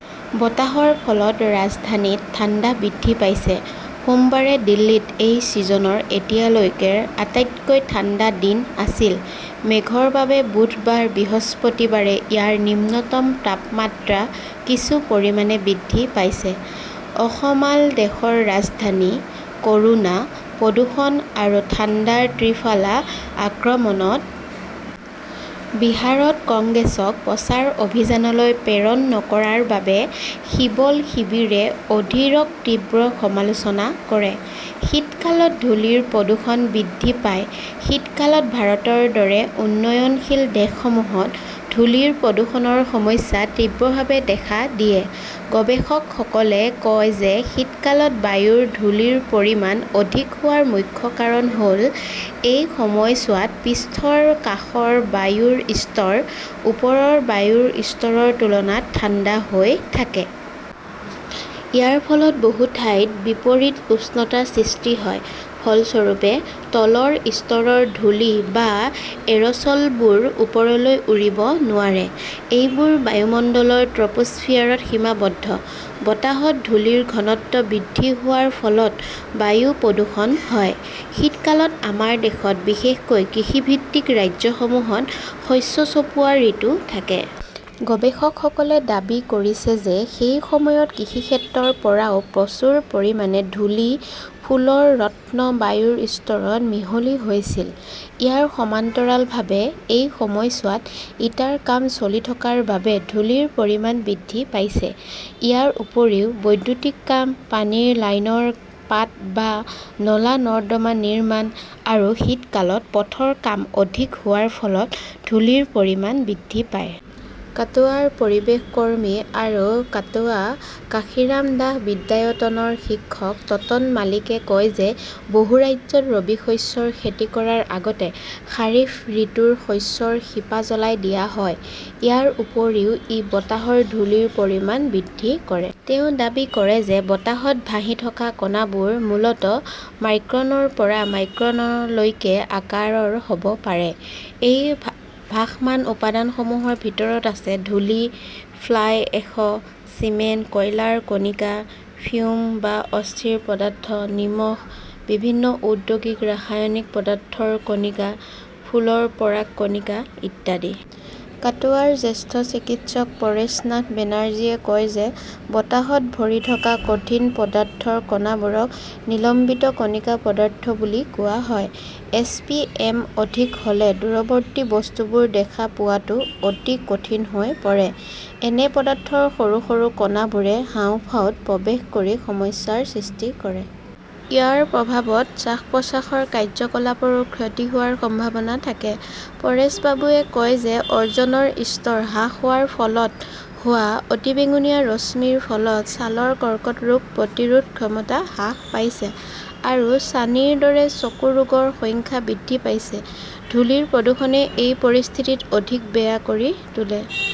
বতাহৰ ফলত ৰাজধানীত ঠাণ্ডা বৃদ্ধি পাইছে। সোমবাৰে দিল্লীত এই ছিজনৰ এতিয়ালৈকেৰ আটাইতকৈ ঠাণ্ডা দিন আছিল। মেঘৰ বাবে বুধবাৰ-বৃহস্পতিবাৰে ইয়াৰ নিম্নতম তাপমাত্ৰা কিছু পৰিমাণে বৃদ্ধি পাইছে। অসমাল দেশৰ ৰাজধানী, কৰোনা, প্ৰদূষণ আৰু ঠাণ্ডাৰ ত্ৰিফালা আক্ৰমণত। বিহাৰত কংগ্ৰেছক প্ৰচাৰ অভিযানলৈ প্ৰেৰণ নকৰাৰ বাবে সিবল শিবিৰে অধীৰক তীব্ৰ সমালোচনা কৰে। শীতকালত ধূলিৰ প্ৰদূষণ বৃদ্ধি পায় শীতকালত ভাৰতৰ দৰে উন্নয়নশীল দেশসমূহত ধূলিৰ প্ৰদূষণৰ সমস্যা তীব্ৰভাৱে দেখা দিয়ে। গৱেষকসকলে কয় যে শীতকালত বায়ুৰ ধূলিৰ পৰিমাণ অধিক হোৱাৰ মুখ্য কাৰণ হল, এই সময়ছোৱাত পৃষ্ঠৰ কাষৰ বায়ুৰ স্তৰ ওপৰৰ বায়ুৰ স্তৰৰ তুলনাত ঠাণ্ডা হৈ থাকে। ইয়াৰ ফলত বহু ঠাইত 'বিপৰীত উষ্ণতাসৃষ্টি হয়। ফলস্বৰূপে, তলৰ ইস্তৰৰ ধূলি বা এৰছলবোৰ ওপৰলৈ উৰিব নোৱাৰে। এইবোৰ বায়ুমণ্ডলৰ ট্ৰপোস্ফিয়াৰত সীমাবদ্ধ। বতাহত ধূলিৰ ঘনত্ব বৃদ্ধি হোৱাৰ ফলত বায়ু প্ৰদূষণ হয়। শীতকালত আমাৰ দেশত, বিশেষকৈ কৃষিভিত্তিক ৰাজ্যসমূহত শস্য চপোৱাৰ ঋতু থাকে। গৱেষকসকলে দাবী কৰিছে যে সেই সময়ত কৃষিক্ষেত্ৰৰ পৰাও প্ৰচুৰ পৰিমাণে ধূলি, ফুলৰ ৰত্ন বায়ুৰ ইস্তৰত মিহলি হৈছিল। ইয়াৰ সমান্তৰালভাৱে এই সময়ছোৱাত ইটাৰ কাম চলি থকাৰ বাবে ধূলিৰ পৰিমাণ বৃদ্ধি পাইছে। ইয়াৰ উপৰিও, বৈদ্যুতিক কাম, পানীৰ লাইনৰ পাত বা নলা-নৰ্দমা নিৰ্মাণ আৰু শীতকালত পথৰ কাম অধিক হোৱাৰ ফলত ধূলিৰ পৰিমাণ বৃদ্ধি পায়। কাটৱাৰ পৰিৱেশ কৰ্মী আৰু কাটৱা কাশীৰামদাস বিদ্যায়তনৰ শিক্ষক টটন মালিকে কয় যে বহু ৰাজ্যত ৰবি শস্য খেতি কৰাৰ আগতে খাৰিফ ঋতুৰ শস্যৰ শিপা জ্বলাই দিয়া হয়। ইয়াৰ উপৰিও ই বতাহৰ ধূলিৰ পৰিমাণ বৃদ্ধি কৰে। তেওঁ দাবী কৰে যে বতাহত ভাহি থকা কণাবোৰ মূলতঃ মাইক্ৰনৰ পৰা মাইক্ৰনলৈকে আকাৰৰ হ 'ব পাৰে। এই ভাস ভাসমান উপাদানসমূহৰ ভিতৰত আছে ধূলি, ফ্লাই এশ, চিমেণ্ট, কয়লাৰ কণিকা, 'ফিউম বা অস্থিৰ পদাৰ্থ, নিমখ, বিভিন্ন ঔদ্যোগিক ৰাসায়নিক পদাৰ্থৰ কণিকা, ফুলৰ পৰাগকণিকা ইত্যাদি। কাটৱাৰ জ্যেষ্ঠ চিকিৎসক পৰেশনাথ বেনাৰ্জীয়ে কয় যে বতাহত ভৰি থকা কঠিন পদাৰ্থৰ কণাবোৰক 'নিলম্বিত কণিকা পদাৰ্থ বুলি কোৱা হয়। এছ. পি. এম. অধিক হলে দূৰৱৰ্তী বস্তুবোৰ দেখা পোৱাটো অতি কঠিন হৈ পৰে। এনে পদাৰ্থৰ সৰু সৰু কণাবোৰে হাঁওফাঁওত প্ৰৱেশ কৰি সমস্যাৰ সৃষ্টি কৰে। ইয়াৰ প্ৰভাৱত শ্বাস-প্ৰশ্বাসৰ কাৰ্য্যকলাপৰো ক্ষতি হোৱাৰ সম্ভাৱনা থাকে। পৰেশবাবুৱে কয় যে অজনৰ স্তৰ হ্ৰাস হোৱাৰ ফলত হোৱা অতিবেঙুনীয়া ৰশ্মিৰ ফলত ছালৰ কৰ্কট ৰোগ প্ৰতিৰোধ ক্ষমতা হ্ৰাস পাইছে। আৰু ছানিৰ দৰে চকুৰ ৰোগৰ সংখ্যা বৃদ্ধি পাইছে। ধূলিৰ প্ৰদূষণে সেই পৰিস্থিতি অধিক বেয়া কৰি তোলে।